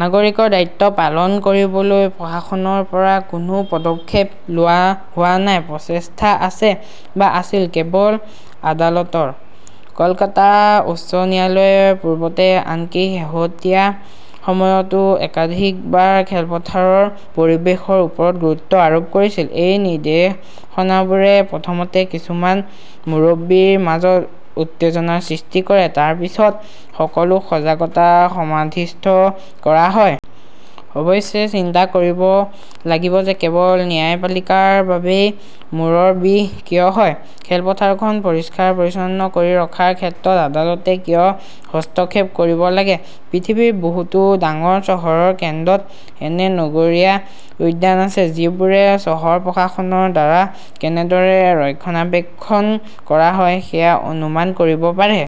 নাগৰিকৰ দায়িত্ব পালন কৰিবলৈ প্ৰশাসনৰ পৰা কোনো পদক্ষেপ লোৱা হোৱা নাই। প্ৰচেষ্টা আছে, বা আছিল, কেৱল আদালতৰ। কলকাতা উচ্চ ন্যায়ালয়ে পূৰ্বতে, আনকি শেহতীয়া সময়তও একাধিকবাৰ খেলপথাৰৰ পৰিৱেশৰ ওপৰত গুৰুত্ব আৰোপ কৰিছিল। এই নিৰ্দেশনাবোৰে প্ৰথমতে কিছুমান মুৰব্বীৰ মাজত উত্তেজনাৰ সৃষ্টি কৰে, তাৰ পিছত সকলো সজাগতা সমাধিস্থ কৰা হয়। অৱশ্যে, চিন্তা কৰিব লাগিব যে কেৱল ন্যায়পালিকাৰ বাবেই মূৰৰ বিষ কিয় হয়। খেলপথাৰখন পৰিষ্কাৰ-পৰিচ্ছন্ন কৰি ৰখাৰ ক্ষেত্ৰত আদালতে কিয় হস্তক্ষেপ কৰিব লাগে। পৃথিৱীৰ বহুতো ডাঙৰ চহৰৰ কেন্দ্ৰত এনে নগৰীয়া উদ্যান আছে, যিবোৰে চহৰ প্ৰশাসনৰ দ্বাৰা কেনেদৰে ৰক্ষণাবেক্ষণ কৰা হয় সেয়া অনুমান কৰিব পাৰে।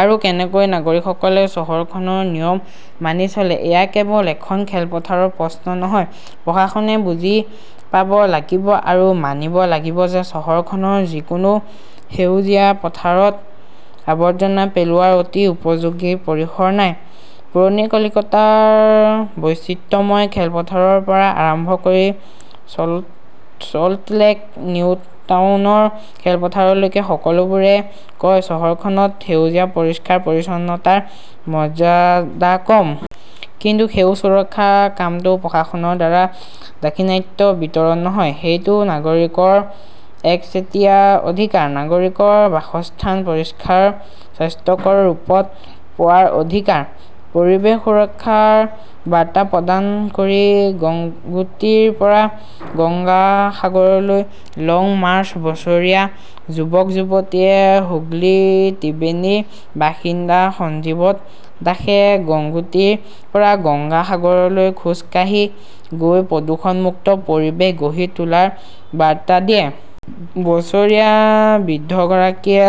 আৰু কেনেকৈ নাগৰিকসকলে চহৰখনৰ নিয়ম মানি চলে। এয়া কেৱল এখন খেলপথাৰৰ প্ৰশ্ন নহয়। প্ৰশাসনে বুজি পাব লাগিব আৰু মানিব লাগিব যে চহৰখনৰ যিকোনো সেউজীয়া পথাৰত আৱৰ্জনা পেলোৱাৰ অতি উপযোগী পৰিসৰ নাই। পুৰণি কলিকতাৰ বৈচিত্ৰ্যময় খেলপথাৰৰ পৰা আৰম্ভ কৰি চল্টলেক নিউটাউনৰ খেলপথাৰলৈকে, সকলোবোৰে কয়-চহৰখনত সেউজীয়া পৰিষ্কাৰ-পৰিচ্ছন্নতাৰ মৰ্যাদা কম। কিন্তু সেউজ সুৰক্ষাৰ কামটো প্ৰশাসনৰ দ্বাৰা দাক্ষিণাত্য বিতৰণ নহয়। সেইটো নাগৰিকৰ একচেটিয়া অধিকাৰ। নাগৰিকৰ বাসস্থান পৰিষ্খাৰ, স্বাস্থ্যকৰ ৰূপত পোৱাৰ অধিকাৰ। পৰিৱেশ সুৰক্ষাৰ বাৰ্তা প্ৰদান কৰি গংগোত্ৰীৰ পৰা গংগা সাগৰলৈ লং মাৰ্চ বছৰীয়া যুৱক-যুৱতীয়ে হুগলীৰ ত্ৰিবেণীৰ বাসিন্দা সঞ্জীৱত দাসে গংগোত্ৰীৰ পৰা গংগা সাগৰলৈ খোজ কাঢ়ি গৈ প্ৰদূষণ মুক্ত পৰিৱেশ গঢ়ি তোলাৰ বাৰ্তা দিয়ে। বছৰীয়া বৃদ্ধগৰাকীয়ে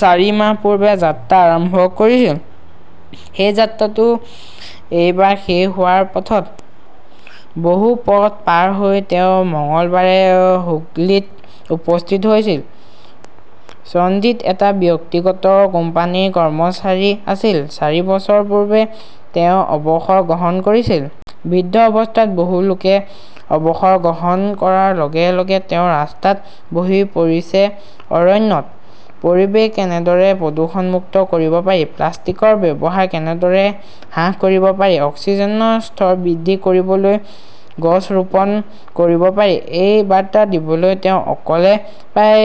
চাৰি মাহ পূৰ্বে যাত্ৰা আৰম্ভ কৰিল। সেই যাত্ৰাটো এইবাৰ শেষ হোৱাৰ পথত। বহু পথ পাৰ হৈ তেওঁ মঙলবাৰে হুগলীত উপস্থিত হৈছিল। ছঞ্জিত এটা ব্যক্তিগত কোম্পানীৰ কৰ্মচাৰী আছিল। চাৰি বছৰ পূৰ্বে তেওঁ অৱসৰ গ্ৰহণ কৰিছিল। বৃদ্ধ অৱস্থাত বহু লোকে অৱসৰ গ্ৰহণ কৰাৰ লগে লগে তেওঁ ৰাস্তাত বহি পৰিছে-অৰণ্যত। পৰিৱেশ কেনেদৰে প্ৰদূষণমুক্ত কৰিব পাৰি, প্লাষ্টিকৰ ব্যৱহাৰ কেনেদৰে হ্ৰাস কৰিব পাৰি, অক্সিজেনৰ স্তৰ বৃদ্ধি কৰিবলৈ গছ ৰোপণ কৰিব পাৰি, এই বাৰ্তা দিবলৈ তেওঁ অকলে প্ৰায়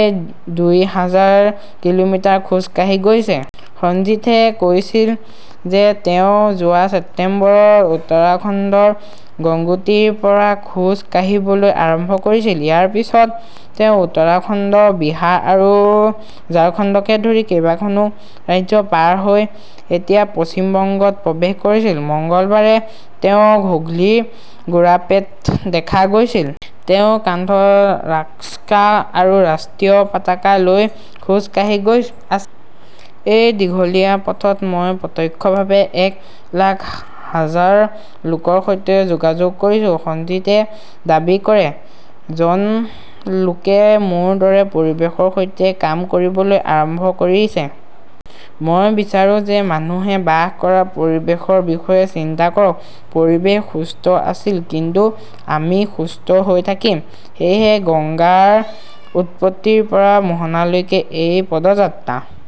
দুই হাজাৰ কিলোমিটাৰ খোজ কাঢ়ি গৈছে। সঞ্জীথে কৈছিল যে তেওঁ যোৱা ছেপ্টেম্বৰত উত্তৰাখণ্ডৰ গংগোত্ৰীৰ পৰা খোজ কাঢ়িবলৈ আৰম্ভ কৰিছিল। ইয়াৰ পিছত তেওঁ উত্তৰাখণ্ড, বিহাৰ আৰু ঝাৰখণ্ডকে ধৰি কেইবাখনো ৰাজ্য পাৰ হৈ এতিয়া পশ্চিম বংগত প্ৰৱেশ কৰিছিল। মঙলবাৰে তেওঁক হুগলীৰ গুৰাপেত দেখা গৈছিল। তেওঁ কান্ধৰ ৰাক্সাক আৰু ৰাষ্ট্ৰীয় পতাকা লৈ খোজ কাঢ়ি গৈ আছে। এই দীঘলীয়া পথত মই প্ৰত্যক্ষভাৱে এক লাখ হাজাৰ লোকৰ সৈতে যোগাযোগ কৰিছো, সঞ্জিতে দাবী কৰে। জন লোকে মোৰ দৰে পৰিৱেশৰ সৈতে কাম কৰিবলৈ আৰম্ভ কৰিছে। মই বিচাৰো যে মানুহে বাস কৰা পৰিৱেশৰ বিষয়ে চিন্তা কৰক। পৰিৱেশ সুস্থ আছিল কিন্তু আমি সুস্থ হৈ থাকিম। সেয়েহে গংগাৰ উৎপত্তিৰ পৰা মোহনালৈকে এই পদযাত্ৰা।